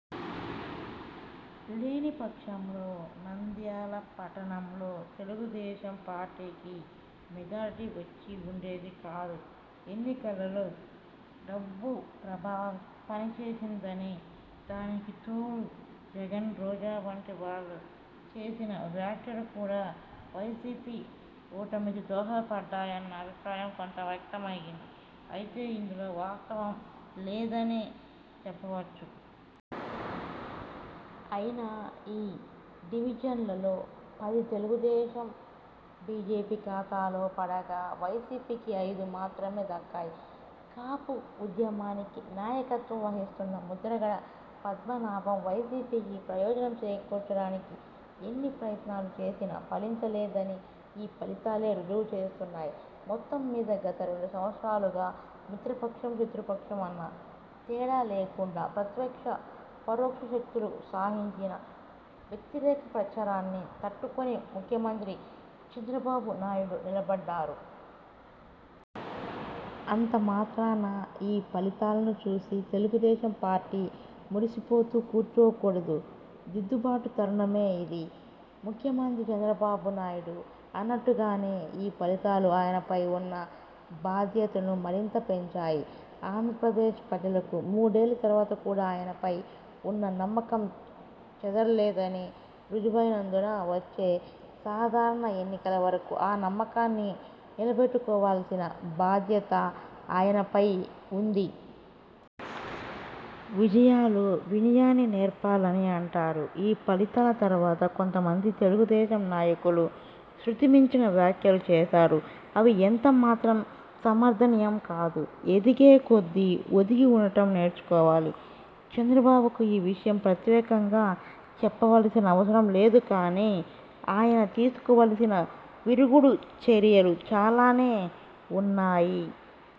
లేని పక్షంలో నంద్యాల పట్టణంలో తెలుగుదేశం పార్టీకి మెజారిటీ వచ్చి ఉండేది కాదు. ఎన్నికలలో డబ్బు ప్రభావం పనిచేసిందనీ, దానికితోడు జగన్, రోజా వంటి వాళ్లు చేసిన వ్యాఖ్యలు కూడా వైసీపీ ఓటమికి దోహదపడ్డాయన్న అభిప్రాయం కొంత వ్యక్తమైంది. అయితే ఇందులో వాస్తవం లేదనే చెప్పవచ్చు. అయినా ఈ డివిజన్లలో పది తెలుగుదేశం– బీజేపీ ఖాతాలో పడగా, వైసీపీకి అయిదు మాత్రమే దక్కాయి. కాపు ఉద్యమానికి నాయకత్వం వహిస్తున్న ముద్రగడ పద్మనాభం వైసీపీకి ప్రయోజనం చేకూర్చడానికి ఎన్ని ప్రయత్నాలు చేసినా ఫలించలేదని ఈ ఫలితాలే రుజువు చేస్తున్నాయి. మొత్తంమీద గత రెండు సంవత్సరాలుగా మిత్రపక్షం– శత్రుపక్షం అన్న తేడా లేకుండా ప్రత్యక్ష– పరోక్ష శక్తులు సాగించిన వ్యతిరేక ప్రచారాన్ని తట్టుకుని ముఖ్యమంత్రి చంద్రబాబునాయుడు నిలబడ్డారు. అంత మాత్రాన ఈ ఫలితాలను చూసి తెలుగుదేశం పార్టీ మురిసిపోతూ కూర్చోకూడదు. దిద్దుబాటు తరుణమిదే! ముఖ్యమంత్రి చంద్రబాబునాయుడు అన్నట్టుగానే ఈ ఫలితాలు ఆయనపై ఉన్న బాధ్యతను మరింత పెంచాయి. ఆంధ్రప్రదేశ్ ప్రజలకు మూడేళ్ల తర్వాత కూడా ఆయనపై ఉన్న నమ్మకం చెదరలేదని రుజువైనందున వచ్చే సాధారణ ఎన్నికల వరకు ఆ నమ్మకాన్ని నిలబెట్టుకోవలసిన బాధ్యత ఆయనపై ఉంది. విజయాలు వినయాన్ని నేర్పాలని అంటారు. ఈ ఫలితాల తర్వాత కొంతమంది తెలుగుదేశం నాయకులు శ్రుతి మించిన వ్యాఖ్యలు చేశారు. అవి ఎంత మాత్రం సమర్థనీయం కాదు. ఎదిగే కొద్దీ ఒదిగి ఉండటం నేర్చుకోవాలి. చంద్రబాబుకు ఈ విషయం ప్రత్యేకంగా చెప్పవలసిన అవసరం లేదు గానీ, ఆయన తీసుకోవలసిన విరుగుడు చర్యలు చాలానే ఉన్నాయి.